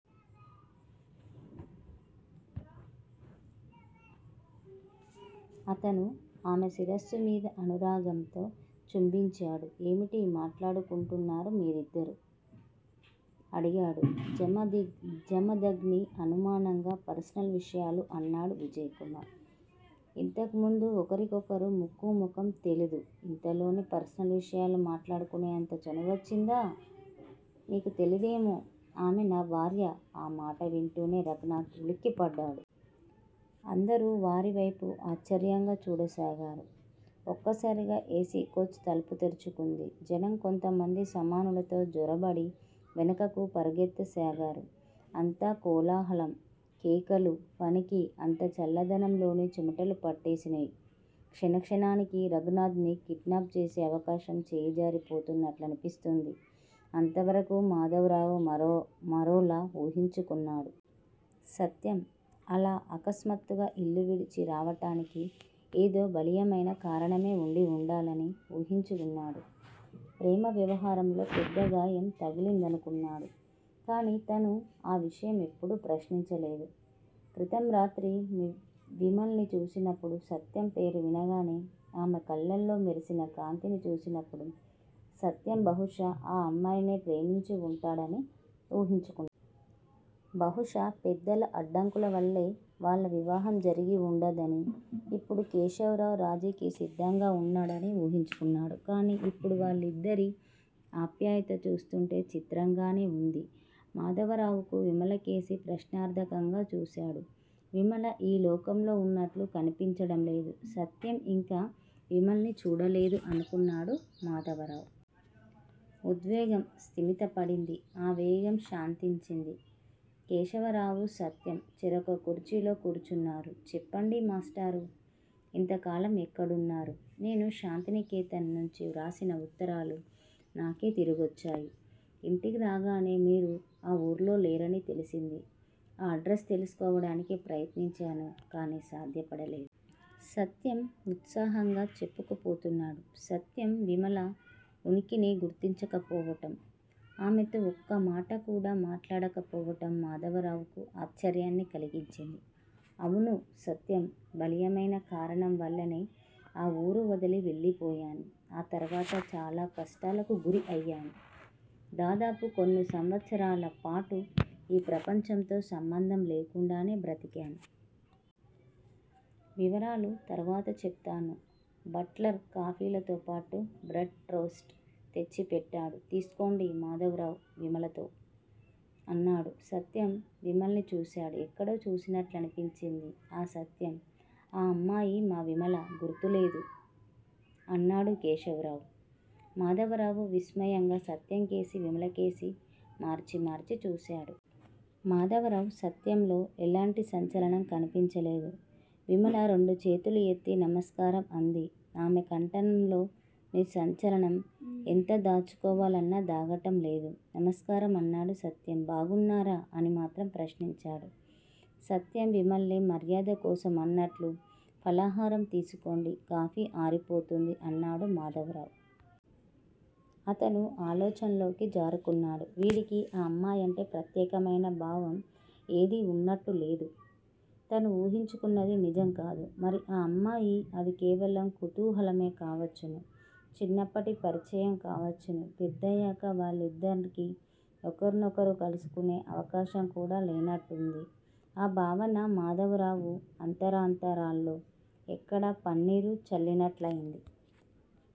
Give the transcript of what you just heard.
అతను ఆమె శిరస్సు మీద అనురాగంతో చుంబించాడు. ఏమిటి మాట్లాడుకుంటున్నారు మీరిద్దరూ? అడిగాడు జమదగ్ని అనుమానంగా. పర్సనల్ విషయాలు అన్నాడు విజయ్ కుమార్. ఇంతకుముందు ఒకరికొకరు ముక్కు మొఖం తెలీదు. ఇంతలోనే పర్సనల్ విషయాలు మాట్లాడుకునేంత చనువొచ్చిందా? మీకు తెలీదేమో! ఆమె నా భార్య. ఆ మాట వింటూనే రఘునాథ్ ఉలిక్కిపడ్డాడు. అందరూ వారివైపు ఆశ్చర్యంగా చూడసాగారు. ఒక్కసారిగా ఎ. సి. కోచ్ తలుపు తెరుచుకుంది. జనం కొంతమంది సామానులతో జొరబడి వెనుకకు పరుగెత్తసాగారు. అంతా కోలాహలం, కేకలు! ఫణికి అంత చల్లదనంలోనూ చెమటలు పట్టేసినయ్. క్షణక్షణానికీ రఘునాథ్ ని కిడ్నాప్ చేసే అవకాశం చేయిజారిపోతున్నట్లనిపిస్తూంది. అంతవరకూ మాధవరావు మరోలా ఊహించుకొన్నాడు. సత్యం అలా అకస్మాత్తుగా ఇల్లువిడిచి రావటానికి ఏదో బలీయమైన కారణమే ఉండి ఉండాలని ఊహించుకున్నాడు. ప్రేమ వ్యవహారంలో పెద్ద గాయం తగిలిందనుకొన్నాడు. కాని తను ఆ విషయం ఎన్నడూ ప్రశ్నించలేదు. క్రితంరాత్రి విమల్ని చూసినప్పుడు, సత్యం పేరు వినగానే ఆమె కళ్ళలో మెరిసిన కాంతిని చూసినప్పుడు సత్యం బహుశా ఆ అమ్మాయినే ప్రేమించి ఉంటాడని ఊహించుకొన్నాడు. బహుశా పెద్దల అడ్డంకులవల్లే వాళ్ళ వివాహం జరిగివుండదనీ, ఇప్పుడు కేశవరావు రాజీకి సిద్దంగా ఉన్నాడనీ ఊహించుకున్నాడు. కాని ఇప్పుడు వాళ్ళిద్దరి ఆప్యాయతా చూస్తుంటే చిత్రంగానే ఉంది. మాధవరావు విమలకేసి ప్రశ్నార్ధకంగా చూశాడు. విమల ఈ లోకంలో ఉన్నట్లు కనిపించడంలేదు. సత్యం ఇంకా విమల్ని చూడలేదు అనుకొన్నాడు మాధవరావు. ఉద్వేగం స్థిమితపడింది. ఆ వేగం శాంతించింది. కేశవరావూ సత్యం చెరొక కుర్చీలో కూర్చున్నారు. చెప్పండి మాష్టారూ! ఇంతకాలం ఎక్కడున్నారు? నేను శాంతినికేతన్ నుంచి వ్రాసిన ఉత్తరాలు నాకే తిరిగొచ్చాయి. ఇంటికి రాగానే మీరు ఆ ఊళ్లోలేరని తెలిసింది. ఆ అడ్రసు తెలుసుకోవటానికి ప్రయత్నించాను. కాని సాధ్యపడలేదు. సత్యం ఉత్సాహంగా చెప్పుకుపోతున్నాడు. సత్యం విమల ఉనికినే గుర్తించకపోవటం, ఆమెతో ఒక్కమాట కూడా మాట్లాడకపోవటం మాధవరావుకు ఆశ్చర్యాన్ని కలిగించింది. అవును సత్యం! బలీయమైన కారణం వల్లనే ఆ ఊరు వదిలి వెళ్ళిపోయాను. ఆ తర్వాత చాలా కష్టాలకు గురి అయ్యాను. దాదాపు కొన్ని సంవత్సరాలపాటు ఈ ప్రపంచంతో సంబంధం లేకుండానే బ్రతికాను. వివరాలు తర్వాత చెబుతాను. బట్లర్ కాఫీలతోపాటు బ్రడ్ టోస్ట్ తెచ్చిపెట్టాడు. తీసుకోండి. మాధవరావు విమలతో అన్నాడు. సత్యం విమల్ని చూశాడు. ఎక్కడో చూసినట్లనిపించింది. ఆఁ సత్యం! ఆ అమ్మాయి మా విమల. గుర్తులేదూ? అన్నాడు కేశవరావు. మాధవరావు విస్మయంగా సత్యంకేసీ, విమలకేసీ మార్చి మార్చి చూశాడు. మాధవరావు సత్యంలో ఎలాంటి సంచలనం కన్పించలేదు. విమల రెండు చేతులూ ఎత్తి నమస్కారం అంది. ఆమె కంఠంలోని సంచలనం ఎంత దాచుకోవాలన్నా దాగటం లేదు. నమస్కారం! అన్నాడు సత్యం. బాగున్నారా? అని మాత్రం ప్రశ్నించాడు సత్యం విమల్ని మర్యాదకోసం అన్నట్లు. ఫలహారం తీసుకోండి, కాఫీ ఆరిపోతుంది అన్నాడు మాధవరావు. అతను ఆలోచనల్లోకి జారికున్నాడు. వీడికి ఆ అమ్మాయంటే ప్రత్యేకమైన భావం ఏదీ ఉన్నట్టు లేదు. తను ఊహించుకొన్నది నిజం కాదు. మరి ఆ అమ్మాయి? అది కేవలం కుతూహలమే కావచ్చును. చిన్నప్పటి పరిచయం కావచ్చును. పెద్దయాక వాళ్ళిద్దరికీ ఒకర్నొకరు కలుసుకొనే అవకాశంకూడా లేనట్టుంది. ఆ భావన మాధవరావు అంతరాంతరాల్లో ఎక్కడ పన్నీరు చల్లినట్టయింది.